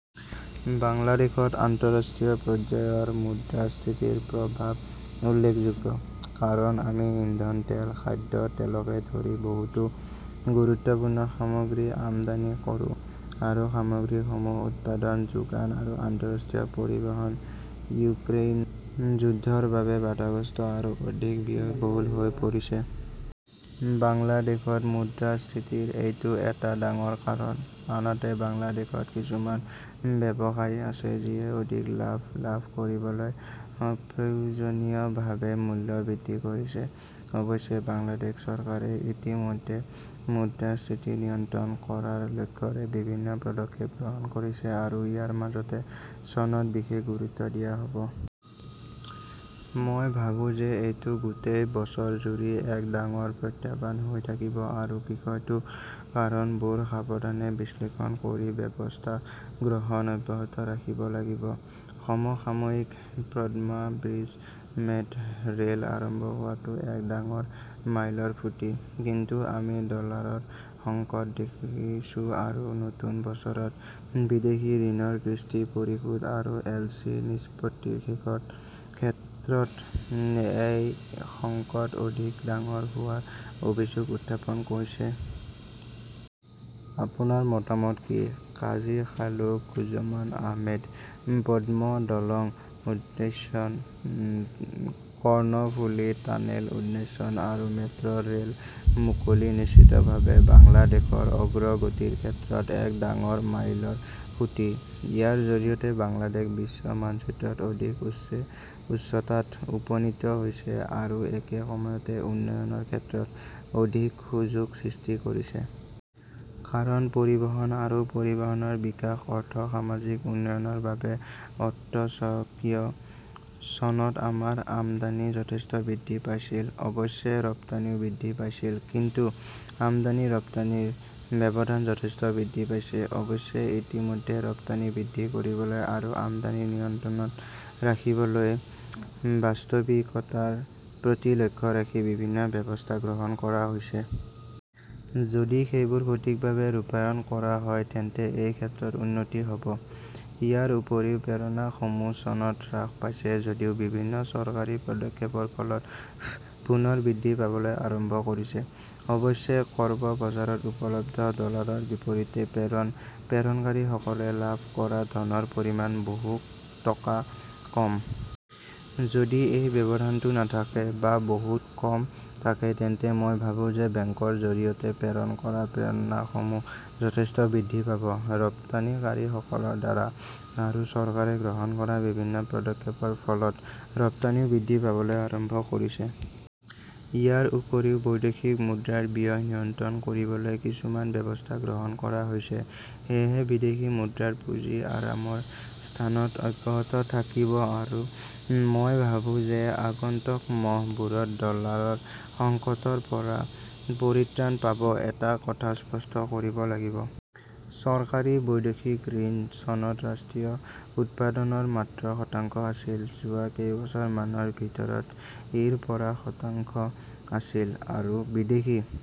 বাংলাদেশত আন্তঃৰাষ্ট্ৰীয় পৰ্যায়ৰ মুদ্ৰাস্ফীতিৰ প্ৰভাৱ উল্লেখযোগ্য। কাৰণ, আমি ইন্ধন তেল, খাদ্য তেলকে ধৰি বহুতো গুৰুত্বপূৰ্ণ সামগ্ৰী আমদানি কৰো আৰু এই সামগ্ৰীসমূহৰ উৎপাদন, যোগান আৰু আন্তঃৰাষ্ট্ৰীয় পৰিবহণ ইউক্ৰেইনৰ যুদ্ধৰ বাবে বাধাগ্ৰস্ত আৰু অধিক ব্যয়বহুল হৈ পৰিছে। বাংলাদেশত মুদ্ৰাস্ফীতিৰ এইটো এটা ডাঙৰ কাৰণ। আনহাতে বাংলাদেশত কিছুমান ব্যৱসায়ী আছে যিয়ে অধিক লাভ লাভ কৰিবলৈ অপ্ৰয়োজনীয়ভাৱে মূল্য বৃদ্ধি কৰে। অৱশ্যে বাংলাদেশ চৰকাৰে ইতিমধ্যে মুদ্ৰাস্ফীতি নিয়ন্ত্ৰণ কৰাৰ লক্ষ্যৰে বিভিন্ন পদক্ষেপ গ্ৰহণ কৰিছে আৰু ইয়াৰ মাজতে চনত বিশেষ গুৰুত্ব দিয়া হ 'ব। মই ভাবো যে এইটো গোটেই বছৰজুৰি এক ডাঙৰ প্ৰত্যাহ্বান হৈ থাকিব আৰু বিষয়টোৰ কাৰণবোৰ সাৱধানে বিশ্লেষণ কৰি ব্যৱস্থা গ্ৰহণ অব্যাহত ৰাখিব লাগিব। সমসাময়িকঃ পদ্মা ব্ৰীজ-মেট্ৰ "ৰেল আৰম্ভ হোৱাটো এক ডাঙৰ মাইলৰ খুঁটি। কিন্তু আমি ডলাৰৰ সংকট দেখিছোঁ আৰু নতুন বছৰত বিদেশী ঋণৰ কিস্তি পৰিশোধ আৰু এলচি নিষ্পত্তিৰ ক্ষেত্ৰত এই সংকট অধিক ডাঙৰ হোৱাৰ অভিযোগ উত্থাপন হৈছে। আপোনাৰ মতামত কি? কাজী খালিকুজ্জমান আহমেদঃ পদ্মা দলং উদ্বোধন, কৰ্ণফুলি টানেল উদ্বোধন আৰু মেট্ৰ "ৰেল মুকলি নিশ্চিতভাৱে বাংলাদেশৰ অগ্ৰগতিৰ ক্ষেত্ৰত এক ডাঙৰ মাইলৰ খুঁটি। ইয়াৰ জৰিয়তে বাংলাদেশ বিশ্ব মানচিত্ৰত অধিক উচ্চতাত উপনীত হৈছে আৰু একে সময়তে উন্নয়নৰ ক্ষেত্ৰত অধিক সুযোগ সৃষ্টি কৰিছে। কাৰণ পৰিবহণ আৰু পৰিবহণৰ বিকাশ অৰ্থ-সামাজিক উন্নয়নৰ বাবে অত্যাৱশ্যকীয়। চনত আমাৰ আমদানি যথেষ্ট বৃদ্ধি পাইছিল, অৱশ্যে ৰপ্তানিও বৃদ্ধি পাইছিল। কিন্তু আমদানি-ৰপ্তানিৰ ব্যৱধান যথেষ্ট বৃদ্ধি পাইছে। অৱশ্যে, ইতিমধ্যে ৰপ্তানি বৃদ্ধি কৰিবলৈ আৰু আমদানি নিয়ন্ত্ৰণত ৰাখিবলৈ বাস্তৱিকতাৰ প্ৰতি লক্ষ্য ৰাখি বিভিন্ন ব্যৱস্থা গ্ৰহণ কৰা হৈছে। যদি সেইবোৰ সঠিকভাৱে ৰূপায়ণ কৰা হয় তেন্তে এই ক্ষেত্ৰত উন্নতি হ 'ব। ইয়াৰ উপৰিও, প্ৰেৰণাসমূহ চনত হ্ৰাস পাইছে যদিও বিভিন্ন চৰকাৰী পদক্ষেপৰ ফলত পুনৰ বৃদ্ধি পাবলৈ আৰম্ভ কৰিছে। অৱশ্যে, কৰ্ব বজাৰত উপলব্ধ ডলাৰৰ বিপৰীতে প্ৰেৰণ প্ৰেৰণকাৰীসকলে লাভ কৰা ধনৰ পৰিমাণ বহু টকা কম। যদি এই ব্যৱধানটো নাথাকে বা বহুত কম থাকে তেন্তে মই ভাবো যে বেংকৰ জৰিয়তে প্ৰেৰণ কৰা প্ৰেৰণাসমূহ যথেষ্ট বৃদ্ধি পাব। ৰপ্তানিকাৰীসকলৰ দ্বাৰা আৰু চৰকাৰে গ্ৰহণ কৰা বিভিন্ন পদক্ষেপৰ ফলত ৰপ্তানিও বৃদ্ধি পাবলৈ আৰম্ভ কৰিছে। ইয়াৰ উপৰিও বৈদেশিক মুদ্ৰাৰ ব্যয় নিয়ন্ত্ৰণ কৰিবলৈ কিছুমান ব্যৱস্থা গ্ৰহণ কৰা হৈছে। সেয়েহে বিদেশী মুদ্ৰাৰ পুঁজি আৰামৰ স্থানত অব্যাহত থাকিব আৰু মই ভাবো যে আগন্তুক মাহবোৰত ডলাৰৰ সংকটৰ পৰা পৰিত্ৰাণ পাব। এটা কথা স্পষ্ট কৰিব লাগিব। চৰকাৰী বৈদেশিক ঋণ চনত ৰাষ্ট্ৰীয় উৎপাদন ৰ মাত্ৰ শতাংশ আছিল। যোৱা কেইবছৰমানৰ ভিতৰত ই ৰ পৰা শতাংশ আছিল। আৰু বিদেশী